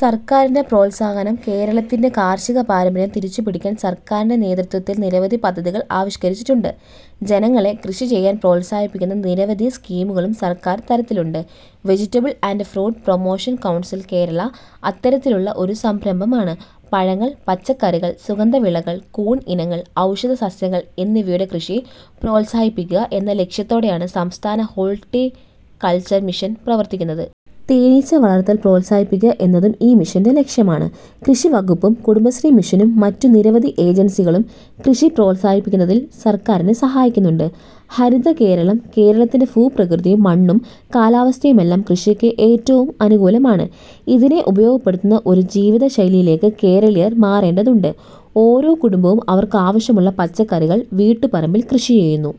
സർക്കാരിന്റെ പ്രോത്സാഹനം കേരളത്തിന്റെ കാർഷിക പാരമ്പര്യം തിരിച്ചു പിടിക്കാൻ സർക്കാരിന്റെ നേതൃത്വത്തിൽ നിരവധി പദ്ധതികൾ ആവിഷ്കരിച്ചിട്ടുണ്ട്. ജനങ്ങളെ കൃഷി ചെയ്യാൻ പ്രോത്സാഹിപ്പിക്കുന്ന നിരവധി സ്കീമുകളും സർക്കാർ തലത്തിലുണ്ട്. Vegetable and fruit promotion council Kerala, അത്തരത്തിലുള്ള ഒരു സംരംഭമാണ്. പഴങ്ങൾ, പച്ചക്കറികൾ, സുഗന്ധ വിളകൾ, കൂൺ ഇനങ്ങൾ, ഔഷധ സസ്യങ്ങൾ എന്നിവയുടെ കൃഷി പ്രോത്സാഹിപ്പിക്കുക എന്ന ലക്ഷ്യത്തോടെയാണ് സംസ്ഥാന ഹോൾട്ടി കൾച്ചർ മിഷൻ പ്രവർത്തിക്കുന്നത്. തേനീച്ച വളർത്തൽ പ്രോത്സാഹിപ്പിക്കുക എന്നതും ഈ മിഷന്റെ ലക്ഷ്യമാണ്. കൃഷിവകുപ്പും കുടുംബശ്രീ മിഷനും മറ്റു നിരവധി ഏജൻസികളും കൃഷി പ്രോത്സാഹിപ്പിക്കുന്നതിൽ സർക്കാരിനെ സഹായിക്കുന്നുണ്ട്. ഹരിതകേരളം കേരളത്തിന്റെ ഭൂപ്രകൃതിയും മണ്ണും കാലാവസ്ഥയുമെല്ലാം കൃഷിക്ക് ഏറ്റവും അനുകൂലമാണ്. ഇതിനെ ഉപയോഗപ്പെടുത്തുന്ന ഒരു ജീവിത ശൈലിയിലേക്ക് കേരളീയർ മാറേണ്ടതുണ്ട്. ഓരോ കുടുംബവും അവർക്കാവശ്യമുള്ള പച്ചക്കറികൾ വീട്ടുപറമ്പിൽ കൃഷി ചെയ്യുന്നു.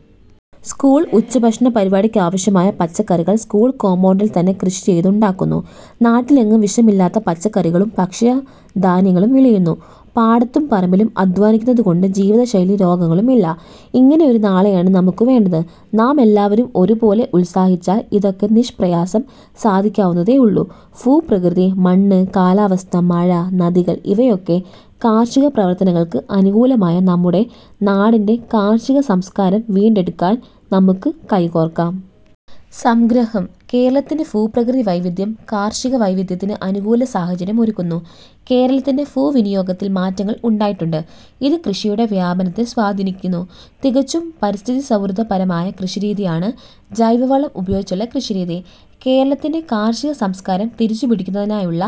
സ്കൂൾ ഉച്ചഭക്ഷണ പരിപാടിക്കാവശ്യമായ പച്ചക്കറികൾ സ്കൂൾ കോമ്പൗണ്ടിൽത്തന്നെ കൃഷി ചെയ്തുണ്ടാക്കുന്നു. നാട്ടിലെങ്ങും വിഷമില്ലാത്ത പച്ചക്കറികളും ഭക്ഷ്യധാന്യങ്ങളും വിളയുന്നു. പാടത്തും പറമ്പിലും അദ്ധ്വാനിക്കുന്നതുകൊണ്ട് ജീവിതശൈലീ രോഗങ്ങളുമില്ല. ഇങ്ങനെയൊരു നാളെയാണ് നമുക്കു വേണ്ടത്. നാമെല്ലാവരും ഒരു പോലെ ഉത്സാഹിച്ചാൽ ഇതൊക്കെ നിഷ്പ്രയാസം സാധിക്കാവുന്നതേയുള്ളൂ. ഭൂപ്രകൃതി, മണ്ണ്, കാലാവസ്ഥ, മഴ, നദികൾ ഇവയൊക്കെ കാർഷികപ്രവർത്തനങ്ങൾക്ക് അനുകൂലമായ നമ്മുടെ നാടിന്റെ കാർഷിക സംസ്കാരം വീണ്ടെടുക്കാൻ നമുക്ക് കൈകോർക്കാം. സംഗ്രഹം കേരളത്തിന്റെ ഭൂപ്രകൃതി വൈവിധ്യം കാർഷികവൈവിധ്യത്തിന് അനുകൂല സാഹചര്യം ഒരുക്കുന്നു. കേരളത്തിന്റെ ഭൂവിനിയോഗത്തിൽ മാറ്റങ്ങൾ ഉണ്ടായിട്ടുണ്ട്. ഇത് കൃഷിയുടെ വ്യാപനത്തെ സ്വാധീനിക്കുന്നു. തികച്ചും പരിസ്ഥിതി സൗഹൃദപരമായ കൃഷിരീതിയാണ് ജൈവവളം ഉപയോഗിച്ചുള്ള കൃഷിരീതി. കേരളത്തിന്റെ കാർഷിക സംസ്കാരം തിരിച്ചുപിടിക്കുന്നതിനായുള്ള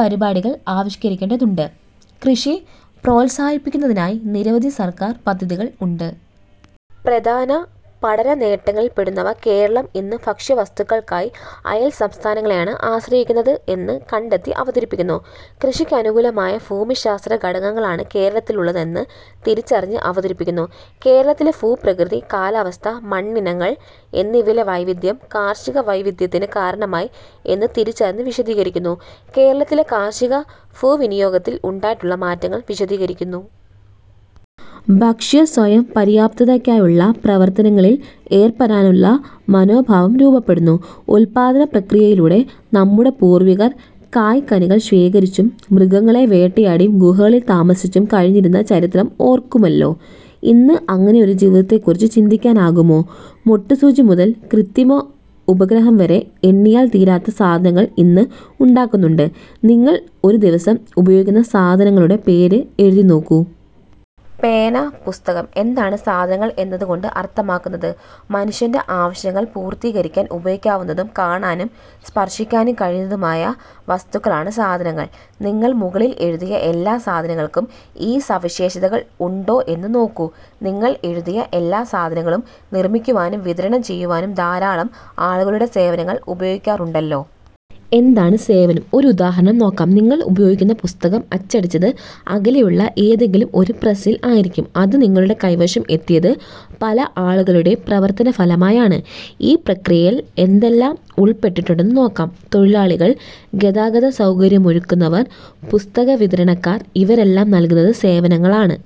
പരിപാടികൾ ആവിഷ്കരിക്കേണ്ടതുണ്ട്. കൃഷി പ്രോത്സാഹിപ്പിക്കുന്നതിനായി നിരവധി സർക്കാർ പദ്ധതികൾ ഉണ്ട്. പ്രധാന പഠനനേട്ടങ്ങളിൽപ്പെടുന്നവ കേരളം ഇന്ന് ഭക്ഷ്യവസ്തുക്കൾക്കായി അയൽ സംസ്ഥാനങ്ങളെയാണ് ആശ്രയിക്കുന്നത് എന്നു കണ്ടെത്തി അവതരിപ്പിക്കുന്നു. കൃഷിക്കനുകൂലമായ ഭൂമിശാസ്ത്ര ഘടകങ്ങളാണ് കേരളത്തിലുള്ളതെന്ന് തിരിച്ചറിഞ്ഞ് അവതരിപ്പിക്കുന്നു. കേരളത്തിലെ ഭൂപ്രകൃതി, കാലാവസ്ഥ, മണ്ണിനങ്ങൾ എന്നിവയിലെ വൈവിധ്യം കാർഷിക വൈവിധ്യത്തിന് കാരണമായി എന്നു തിരിച്ചറിഞ്ഞ് വിശദീകരിക്കുന്നു. കേരളത്തിലെ കാർഷിക ഭൂവിനിയോഗത്തിൽ ഉണ്ടായിട്ടുള്ള മാറ്റങ്ങൾ വിശദീകരിക്കുന്നു. ഭക്ഷ്യസ്വയംപര്യാപ്തതയ്ക്കായുള്ള പ്രവർത്തനങ്ങളിൽ ഏർപ്പെടാനുള്ള മനോഭാവം രൂപപ്പെടുന്നു. ഉല്പാദനപ്രക്രിയയിലൂടെ നമ്മുടെ പൂർവികർ കായ്കനികൾ ശേഖരിച്ചും മൃഗങ്ങളെ വേട്ടയാടിയും ഗുഹകളിൽ താമസിച്ചും കഴിഞ്ഞിരുന്ന ചരിത്രം ഓർക്കുമല്ലോ. ഇന്ന് അങ്ങനെ ഒരു ജീവിതത്തെക്കുറിച്ച് ചിന്തിക്കാനാകുമോ? മൊട്ട് സൂചി മുതൽ കൃത്രിമോപഗ്രഹം വരെ എണ്ണിയാൽ തീരാത്തത സാധനങ്ങൾ ഇന്ന് ഉണ്ടാക്കുന്നുണ്ട്. നിങ്ങൾ ഒരു ദിവസം ഉപയോഗിക്കുന്ന സാധനങ്ങളുടെ പേര് എഴുതിനോക്കൂ. പേന, പുസ്തകം. എന്താണ് സാധനങ്ങൾ എന്നതുകൊണ്ട് അർത്ഥമാക്കുന്നത്? മനുഷ്യന്റെ ആവശ്യങ്ങൾ പൂർത്തീകരിക്കാൻ ഉപയോഗിക്കാവുന്നതും കാണാനും സ്പർശിക്കാനും കഴിയുന്നതുമായ വസ്തുക്കളാണ് സാധനങ്ങൾ. നിങ്ങൾ മുകളിൽ എഴുതിയ എല്ലാ സാധനങ്ങൾക്കും ഈ സവിശേഷതകൾ ഉണ്ടോ എന്ന് നോക്കൂ. നിങ്ങൾ എഴുതിയ എല്ലാ സാധനങ്ങളും നിർമിക്കുവാനും വിതരണം ചെയ്യുവാനും ധാരാളം ആളുകളുടെ സേവനങ്ങൾ ഉപയോഗിക്കാറുണ്ടല്ലോ. എന്താണ് സേവനം? ഒരു ഉദാഹരണം നോക്കാം. നിങ്ങൾ ഉപയോഗിക്കുന്ന പുസ്തകം അച്ചടിച്ചത് അകലെയുള്ള ഏതെങ്കിലും ഒരു പ്രസിൽ ആയിരിക്കും. അത് നിങ്ങളുടെ കൈവശം എത്തിയത് പല ആളുകളുടെയും പ്രവർത്തനഫലമായാണ്. ഈ പ്രക്രിയയിൽ എന്തെല്ലാം ഉൾപ്പെട്ടിട്ടുണ്ടെന്ന് നോക്കാം. തൊഴിലാളികൾ ഗതാഗതസൗകര്യമൊരുക്കുന്നവർ പുസ്തക വിതരണക്കാർ. ഇവരെല്ലാം നൽകുന്നത് സേവനങ്ങൾ ആണ്.